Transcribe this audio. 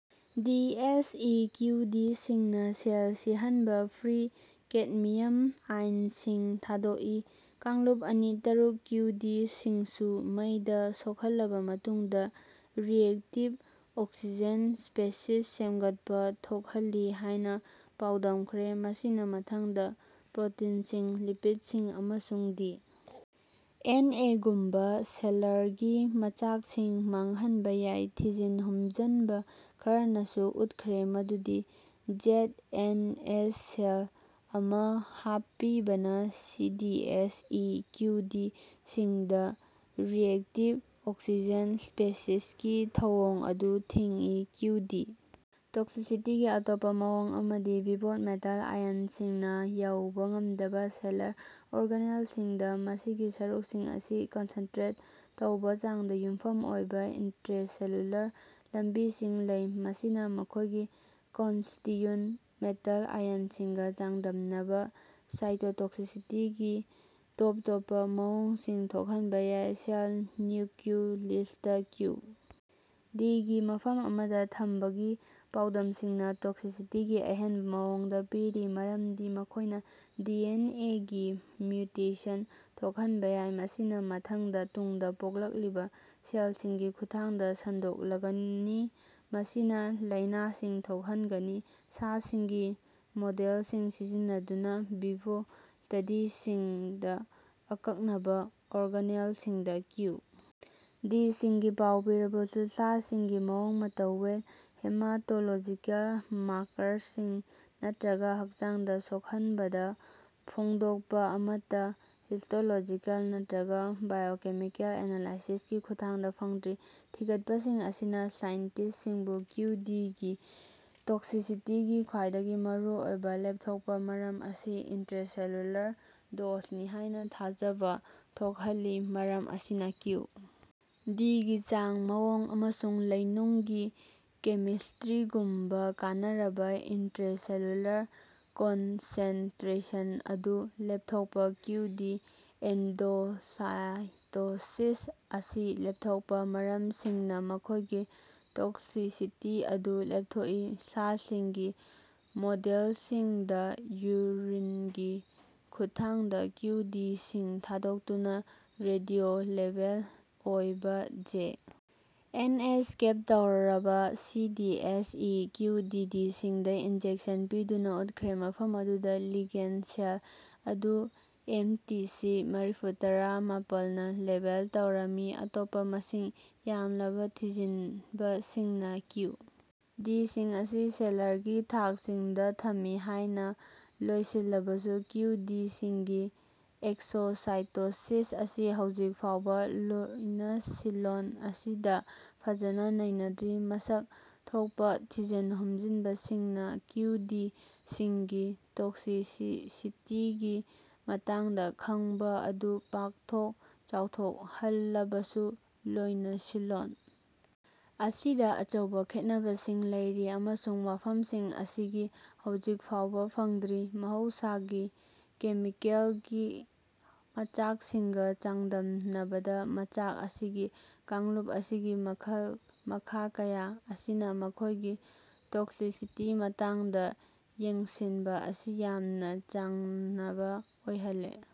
ꯗꯤ. S. E. Q. D. ꯁꯤꯡꯅ cell ꯁꯤꯍꯟꯕ free cadmium ꯑꯥꯏꯟꯁꯤꯡ ꯊꯥꯗꯣꯛꯏ꯫ ꯀꯥꯡꯂꯨꯞ ꯑꯅꯤ - ꯇꯔꯨꯛ ꯀ꯭ꯌꯨ. ꯗꯤ. ꯁꯤꯡꯁꯨ ꯃꯩꯗ ꯁꯣꯛꯍꯜꯂꯕ ꯃꯇꯨꯡꯗ ꯔꯤꯑꯦꯛꯇꯤꯕ ꯑꯣꯛꯁꯤꯖꯦꯟ ꯁ꯭ꯄꯦꯁꯤꯁ ꯁꯦꯝꯒꯠꯄ ꯊꯣꯛꯍꯜꯂꯤ ꯍꯥꯏꯅ ꯄꯥꯎꯗꯝꯈ꯭ꯔꯦ, ꯃꯁꯤꯅ ꯃꯊꯪꯗ ꯄ꯭ꯔꯣꯇꯤꯟꯁꯤꯡ, ꯂꯤꯄꯤꯗꯁꯤꯡ, ꯑꯃꯁꯨꯡ ꯗꯤ. ꯑꯦꯟ. ꯑꯦ. ꯒꯨꯝꯕ ꯁꯦꯜꯂꯔꯒꯤ ꯃꯆꯥꯛꯁꯤꯡ ꯃꯥꯡꯍꯟꯕ ꯌꯥꯏ꯫ ꯊꯤꯖꯟ ꯍꯨꯝꯖꯟꯕ ꯈꯔꯅꯁꯨ ꯎꯠꯈ꯭ꯔꯦ ꯃꯗꯨꯗꯤ ꯖꯦꯗ. ꯑꯦꯟ. ꯑꯦꯁ. ꯁꯦꯜ ꯑꯃ ꯍꯥꯞꯄꯤꯕꯅ C. D. S. E. Q. D. ꯁꯤꯡꯗ ꯔꯤꯑꯦꯛꯇꯤꯕ ꯑꯣꯛꯁꯤꯖꯦꯟ ꯁ꯭ꯄꯦꯁꯤꯖꯀꯤ ꯊꯧꯑꯣꯡ ꯑꯗꯨ ꯊꯤꯡꯏ꯫ ꯀ꯭ꯌꯨ. ꯗꯤ. ꯇꯣꯛꯁꯤꯁꯤꯇꯤꯒꯤ ꯑꯇꯣꯞꯄ ꯃꯑꯣꯡ ꯑꯃꯗꯤ ꯚꯤꯚꯣꯗ, ꯃꯦꯇꯥꯜ ꯑꯥꯏꯌꯟꯁꯤꯡꯅ ꯌꯧꯕ ꯉꯝꯗꯕ ꯁꯦꯜꯂꯔ ꯑꯣꯔꯒꯅꯦꯜꯁꯤꯡꯗ ꯃꯁꯤꯒꯤ ꯁꯔꯨꯛꯁꯤꯡ ꯑꯁꯤ ꯀꯣꯟꯁ꯭ꯇ꯭ꯔꯦꯠ ꯇꯧꯕ ꯆꯥꯡꯗ ꯌꯨꯝꯐꯝ ꯑꯣꯏꯕ ꯏꯟꯇ꯭ꯔꯦꯁꯦꯂꯨꯂꯔ ꯂꯝꯕꯤꯁꯤꯡ ꯂꯩ, ꯃꯁꯤꯅ ꯃꯈꯣꯏꯒꯤ ꯀꯣꯟꯁ꯭ꯇꯤꯌꯨꯟ ꯃꯦꯇꯥꯜ ꯑꯥꯌꯟꯁꯤꯡꯒ ꯆꯥꯡꯗꯝꯅꯕꯗ ꯁꯥꯏꯇꯣꯇꯣꯛꯁꯤꯇꯤꯒꯤ ꯇꯣꯞ ꯇꯣꯞꯄ ꯃꯑꯣꯡꯁꯤꯡ ꯊꯣꯛꯍꯟꯕ ꯌꯥꯏ꯫ ꯁꯦꯜ ꯅ꯭ꯌꯨꯀ꯭ꯌꯨꯂꯤꯁꯇ ꯀ꯭ꯌꯨ. ꯗꯤ. ꯒꯤ ꯃꯐꯝ ꯑꯃꯗ ꯊꯝꯕꯒꯤ ꯄꯥꯎꯗꯝꯁꯤꯡꯅ ꯇꯣꯛꯁꯤꯁꯤꯇꯤꯒꯤ ꯑꯍꯦꯟꯕ ꯃꯑꯣꯡꯁꯤꯡ ꯄꯤꯔꯤ ꯃꯔꯝꯗꯤ ꯃꯈꯣꯏꯅ ꯗꯤ. ꯑꯦꯟ. ꯑꯦ. ꯒꯤ ꯃ꯭ꯌꯨꯇꯦꯁꯟ ꯊꯣꯛꯍꯟꯕ ꯌꯥꯏ, ꯃꯁꯤꯅ ꯃꯊꯪꯗ ꯇꯨꯡꯗ ꯄꯣꯛꯂꯛꯂꯤꯕ ꯁꯦꯜꯁꯤꯡꯒꯤ ꯈꯨꯠꯊꯥꯡꯗ ꯁꯟꯗꯣꯛꯂꯒꯅꯤ, ꯃꯁꯤꯅ ꯂꯥꯏꯅꯥꯁꯤꯡ ꯊꯣꯛꯍꯟꯒꯅꯤ꯫ ꯁꯥꯁꯤꯡꯒꯤ ꯃꯣꯗꯦꯜꯁꯤꯡ ꯁꯤꯖꯤꯟꯅꯗꯨꯅ ꯚꯤꯚꯣ ꯁ꯭ꯇꯗꯤꯁꯤꯡꯗ ꯑꯀꯛꯅꯕ ꯑꯣꯔꯒꯅꯦꯜꯁꯤꯡꯗ ꯀ꯭ꯌꯨ. ꯗꯤ. ꯁꯤꯡꯒꯤ ꯄꯥꯎ ꯄꯤꯔꯕꯁꯨ, ꯁꯥꯁꯤꯡꯒꯤ ꯃꯑꯣꯡ-ꯃꯇꯧ, ꯋꯦꯠ, ꯍꯦꯃꯥꯇꯣꯂꯣꯖꯤꯀꯦꯜ ꯃꯥꯔꯀꯔꯁꯤꯡ, ꯅꯠꯇ꯭ꯔꯒ ꯍꯛꯆꯥꯡꯗ ꯁꯣꯛꯍꯟꯕꯗ ꯍꯣꯡꯗꯣꯛꯄ ꯑꯃꯠꯇ ꯍꯤꯁꯇꯣꯂꯣꯖꯤꯀꯦꯜ ꯅꯠꯇ꯭ꯔꯒ ꯕꯥꯏꯑꯣꯀꯦꯃꯤꯀꯦꯜ ꯑꯦꯅꯥꯂꯥꯏꯁꯤꯁꯀꯤ ꯈꯨꯠꯊꯥꯡꯗ ꯐꯪꯗ꯭ꯔꯤ꯫ ꯊꯤꯒꯠꯄꯁꯤꯡ ꯑꯁꯤꯅ ꯁꯥꯏꯟꯇꯤꯁ꯭ꯠꯁꯤꯡꯕꯨ ꯀ꯭ꯌꯨ. ꯗꯤ. ꯒꯤ ꯇꯣꯛꯁꯤꯁꯤꯇꯤꯒꯤ ꯈ꯭ꯋꯥꯏꯗꯒꯤ ꯃꯔꯨꯑꯣꯏꯕ ꯂꯦꯞꯊꯣꯛꯄ ꯃꯔꯝ ꯑꯁꯤ ꯏꯟꯇ꯭ꯔꯦꯁꯦꯂ꯭ꯌꯨꯂꯔ ꯗꯣꯁꯅꯤ ꯍꯥꯏꯅ ꯊꯥꯖꯕ ꯊꯣꯛꯍꯜꯂꯤ꯫ ꯃꯔꯝ ꯑꯁꯤꯅ ꯀ꯭ꯌꯨ. ꯗꯤ. ꯒꯤ ꯆꯥꯡ, ꯃꯑꯣꯡ ꯑꯃꯁꯨꯡ ꯂꯩꯅꯨꯡꯒꯤ ꯀꯦꯃꯤꯁꯇ꯭ꯔꯤꯒꯨꯝꯕ ꯀꯥꯟꯅꯔꯕ ꯏꯟꯇ꯭ꯔꯦꯁꯦꯂꯨꯂꯔ ꯀꯣꯟꯁꯦꯟꯇ꯭ꯔꯦꯁꯟ ꯑꯗꯨ ꯂꯦꯞꯊꯣꯛꯄ ꯀ꯭ꯌꯨ, ꯗꯤ. ꯑꯦꯟꯗꯣꯁꯥꯏꯇꯣꯁꯤꯁ ꯑꯁꯤ ꯂꯦꯞꯊꯣꯛꯄ ꯃꯔꯝꯁꯤꯡꯅ ꯃꯈꯣꯏꯒꯤ ꯇꯣꯛꯁꯤꯁꯤꯇꯤ ꯑꯗꯨ ꯂꯦꯞꯊꯣꯛꯏ꯫ ꯁꯥꯁꯤꯡꯒꯤ ꯃꯣꯗꯦꯜꯁꯤꯡꯗ ꯌꯨꯔꯤꯟꯒꯤ ꯈꯨꯠꯊꯥꯡꯗ ꯀ꯭ꯌꯨ. ꯗꯤ. ꯁꯤꯡ ꯊꯥꯗꯣꯛꯇꯨꯅ ꯔꯦꯗꯤꯑꯣ-ꯂꯦꯕꯦꯜ ꯑꯣꯏꯕ ꯖꯦ. ꯑꯦꯟ. ꯑꯦꯁ. -ꯀꯦꯞ ꯇꯧꯔꯕ C. D. S. E. Q, D. D. ꯁꯤꯡꯗ ꯏꯟꯖꯦꯛꯁꯟ ꯄꯤꯗꯨꯅ ꯎꯠꯈ꯭ꯔꯦ ꯃꯐꯝ ꯑꯗꯨꯗ ꯂꯤꯒꯦꯟꯗ ꯁꯦꯜ ꯑꯗꯨ ꯑꯦꯝ. ꯇꯤ. ꯁꯤ. ꯃꯔꯤꯐꯨꯇꯔꯥ - ꯃꯥꯄꯜꯅ ꯂꯦꯕꯦꯜ ꯇꯧꯔꯝꯃꯤ꯫ ꯑꯇꯣꯞꯄ ꯃꯁꯤꯡ ꯌꯥꯝꯂꯕ ꯊꯤꯖꯤꯟꯕꯁꯤꯡꯅ ꯀ꯭ꯌꯨ. ꯗꯤ. ꯁꯤꯡ ꯑꯁꯤ ꯁꯦꯜꯂꯔꯒꯤ ꯊꯥꯛꯁꯤꯡꯗ ꯊꯝꯃꯤ ꯍꯥꯏꯅ ꯂꯣꯏꯁꯤꯜꯂꯕꯁꯨ, ꯀ꯭ꯌꯨ, ꯗꯤ. ꯁꯤꯡꯒꯤ ꯑꯦꯛꯁꯣꯁꯥꯏꯇꯣꯁꯤꯁ ꯑꯁꯤ ꯍꯧꯖꯤꯛ ꯐꯥꯎꯕ ꯂꯣꯏꯅꯁꯤꯂꯣꯟ ꯑꯁꯤꯗ ꯐꯖꯅ ꯅꯩꯅꯗ꯭ꯔꯤ꯫ ꯃꯁꯛ ꯊꯣꯛꯄ ꯊꯤꯖꯟ ꯍꯨꯝꯖꯟꯕꯁꯤꯡꯅ ꯀ꯭ꯌꯨ. ꯗꯤ. ꯁꯤꯡꯒꯤ ꯇꯣꯛꯁꯤꯁꯤꯁꯤꯇꯤꯒꯤ ꯃꯇꯥꯡꯗ ꯈꯪꯕ ꯑꯗꯨ ꯄꯥꯛꯊꯣꯛ ꯆꯥꯎꯊꯣꯛꯍꯜꯂꯕꯁꯨ, ꯂꯣꯏꯅꯁꯤꯂꯣꯟ ꯑꯁꯤꯗ ꯑꯆꯧꯕ ꯈꯦꯠꯅꯕꯁꯤꯡ ꯂꯩꯔꯤ, ꯑꯃꯁꯨꯡ ꯋꯥꯐꯝꯁꯤꯡ ꯑꯁꯤꯒꯤ ꯍꯧꯖꯤꯛ ꯐꯥꯎꯕ ꯐꯪꯗ꯭ꯔꯤ꯫ ꯃꯍꯧꯁꯥꯒꯤ ꯀꯦꯃꯤꯀꯦꯜꯒꯤ ꯃꯆꯥꯛꯁꯤꯡꯒ ꯆꯥꯡꯗꯝꯅꯕꯗ ꯃꯆꯥꯛ ꯑꯁꯤꯒꯤ ꯀꯥꯡꯂꯨꯞ ꯑꯁꯤꯒꯤ ꯃꯈꯜ-ꯃꯈꯥ ꯀꯌꯥ ꯑꯁꯤꯅ ꯃꯈꯣꯏꯒꯤ ꯇꯣꯛꯁꯤꯁꯤꯇꯤ ꯃꯇꯥꯡꯗ ꯌꯦꯡꯁꯤꯟꯕ ꯑꯁꯤ ꯌꯥꯝꯅ ꯆꯡꯅꯕ ꯑꯣꯏꯍꯜꯂꯤ꯫